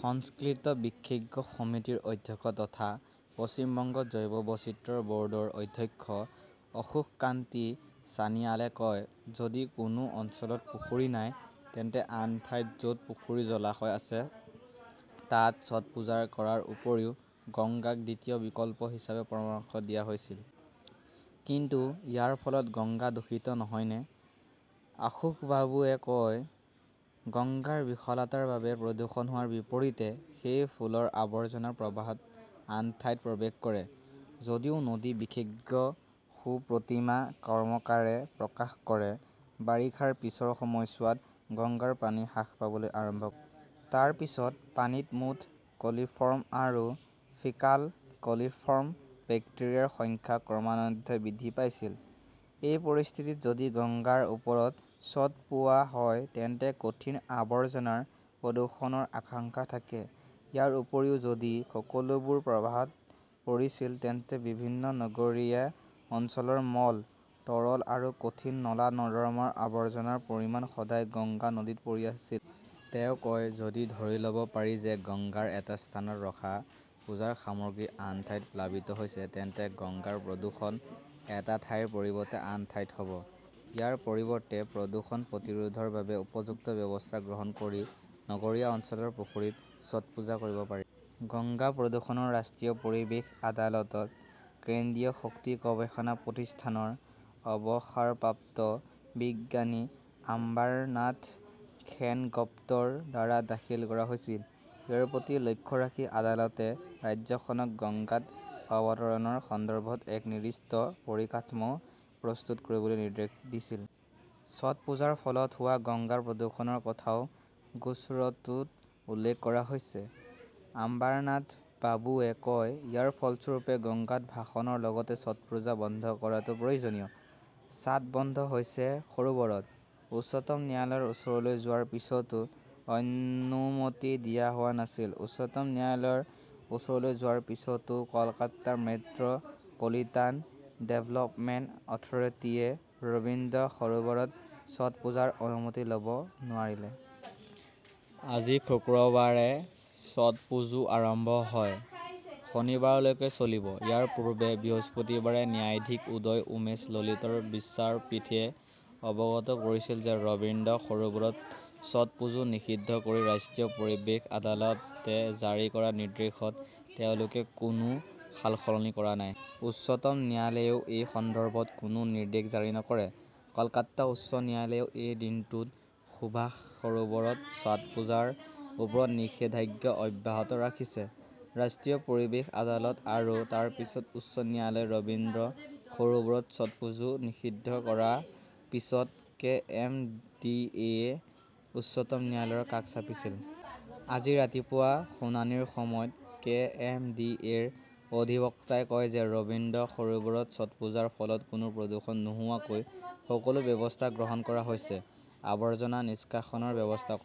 সংশ্লিষ্ট বিশেষজ্ঞ সমিতিৰ অধ্যক্ষ তথা পশ্চিম বংগ জৈৱ বৈচিত্ৰ্য বৰ্ডৰ অধ্যক্ষ অশোককান্তি ছানিয়ালে কয়, যদি কোনো অঞ্চলত পুখুৰী নাই, তেন্তে আন ঠাইত যত পুখুৰী-জলাশয় আছে তাত ছট পূজা কৰাৰ উপৰিও গংগাক দ্বিতীয় বিকল্প হিচাপে পৰামৰ্শ দিয়া হৈছিল। কিন্তু ইয়াৰ ফলত গংগা দূষিত নহয়নে? আশোকবাবুৱে কয়, গংগাৰ বিশালতাৰ বাবে প্ৰদূষণ হোৱাৰ বিপৰীতে, সেই ফুলৰ আৱৰ্জনা প্ৰবাহত আন ঠাইত প্ৰৱেশ কৰে। যদিও নদী বিশেষজ্ঞ সুপ্ৰতীমা কৰ্মকাৰে প্ৰকাশ কৰে, বাৰিষাৰ পিছৰ সময়ছোৱাত গংগাৰ পানী হ্ৰাস পাবলৈ আৰম্ভ কৰে। তাৰ পিছত পানীত মুঠ কলিফৰ্ম আৰু ফিক্কাল কলিফৰ্ম বেক্টেৰিয়াৰ সংখ্যা ক্ৰমান্বয়ে বৃদ্ধি পাইছিল। এই পৰিস্থিতিত যদি গংগাৰ ওপৰত ছটপোৱা হয় তেন্তে কঠিন আৱৰ্জনাৰ প্ৰদূষণৰ আশংকা থাকে। ইয়াৰ উপৰিও, যদি সকলোবোৰ প্ৰবাহত পৰিছিল, তেন্তে বিভিন্ন নগৰীয়া অঞ্চলৰ মল, তৰল আৰু কঠিন নলা-নৰ্দমাৰ আৱৰ্জনাৰ পৰিমাণ সদায় গংগা নদীত পৰি আছিল! তেওঁ কয়, যদি ধৰি লব পাৰি যে গংগাৰ এটা স্থানত ৰখা পূজাৰ সামগ্ৰী আন ঠাইত প্লাবিত হৈছে, তেন্তে গংগাৰ প্ৰদূষণ এটা ঠাইৰ পৰিৱৰ্তে আন ঠাইত হব। ইয়াৰ পৰিৱৰ্তে, প্ৰদূষণ প্ৰতিৰোধৰ বাবে উপযুক্ত ব্যৱস্থা গ্ৰহণ কৰি নগৰীয়া অঞ্চলৰ পুখুৰীত ছটপুজা কৰিব পাৰি। গংগা প্ৰদূষণৰ ৰাষ্ট্ৰীয় পৰিৱেশ আদালতত কেন্দ্ৰীয় শক্তি গৱেষণা প্ৰতিষ্ঠানৰ অৱসৰপ্ৰাপ্ত বিজ্ঞানী আম্বাৰনাথ সেনগুপ্তৰ দ্বাৰা দাখিল কৰা হৈছিল। ইয়াৰ প্ৰতি লক্ষ্য ৰাখি আদালতে ৰাজ্যখনক গঙ্গাত অৱতৰণৰ সন্দৰ্ভত এক নিৰ্দিষ্ট পৰিকাঠমো প্ৰস্তুত কৰিবলৈ নিৰ্দেশ দিছিল। ছটপূজাৰ ফলত হোৱা গংগা প্ৰদূষণৰ কথাও গোচৰটোত উল্লেখ কৰা হৈছে, আম্বাৰনাথবাবুৱে কয়। ইয়াৰ ফলস্বৰূপে, গঙ্গাত ভাসনৰ লগতে ছটপূজা বন্ধ কৰাটো প্ৰয়োজনীয়। ছাট বন্ধ হৈছে সৰোবৰত, উচ্চতম ন্যায়ালয়ৰ ওচৰলৈ যোৱাৰ পিছতো অনুমতি দিয়া হোৱা নাছিল উচ্চতম ন্যায়ালয়ৰ ওচৰলৈ যোৱাৰ পিছতো Kolkata 'metropolitan development authority -য়ে ৰবীন্দ্ৰ সৰোবৰত ছটপূজাৰ অনুমতি ল' ব নোৱাৰিলে। আজি শুক্ৰবাৰে ছটপুজো আৰম্ভ হয়। শনিবাৰলৈকে চলিব। ইয়াৰ পূৰ্বে বৃহস্পতিবাৰে ন্যায়াধীশ উদয় উমেশ ললিতৰ বিচাৰপীঠে অৱগত কৰিছিল যে ৰবীন্দ্ৰ সৰোবৰত ছটপুজো নিষিদ্ধ কৰি ৰাষ্ট্ৰীয় পৰিৱেশ আদালতে জাৰি কৰা নিৰ্দেশত তেওঁলোকে কোনো সালসলনি কৰা নাই। উচ্চতম ন্যায়ালয়েও এই সন্দৰ্ভত কোনো নিৰ্দেশ জাৰি নকৰে। কলকাতা উচ্চ ন্যায়ালয়েও এই দিনটোত সুভাষ সৰোবৰত ছটপুজাৰ ওপৰত নিষেধাজ্ঞা অব্যাহত ৰাখিছে। ৰাষ্ট্ৰীয় পৰিৱেশ আদালত আৰু তাৰ পিছত উচ্চ ন্যায়ালয়ে ৰবীন্দ্ৰ সৰোবৰত ছটপুজো নিষিদ্ধ কৰাৰ পিছত কেএমডিএ-য়ে উচ্চতম ন্যায়ালয়ৰ কাষ চাপিছিল। আজি ৰাতিপুৱা শুনানিৰ সময়ত কে. এম. ডি. এ. -ৰ অধিবক্তাই কয় যে ৰবীন্দ্ৰ সৰোবৰত ছটপুজাৰ ফলত কোনো প্ৰদূষণ নোহোৱাকৈ সকলো ব্যৱস্থা গ্ৰহণ কৰা হৈছে। আৱৰ্জনা নিষ্কাশনৰ ব্যৱস্থা কৰা হব।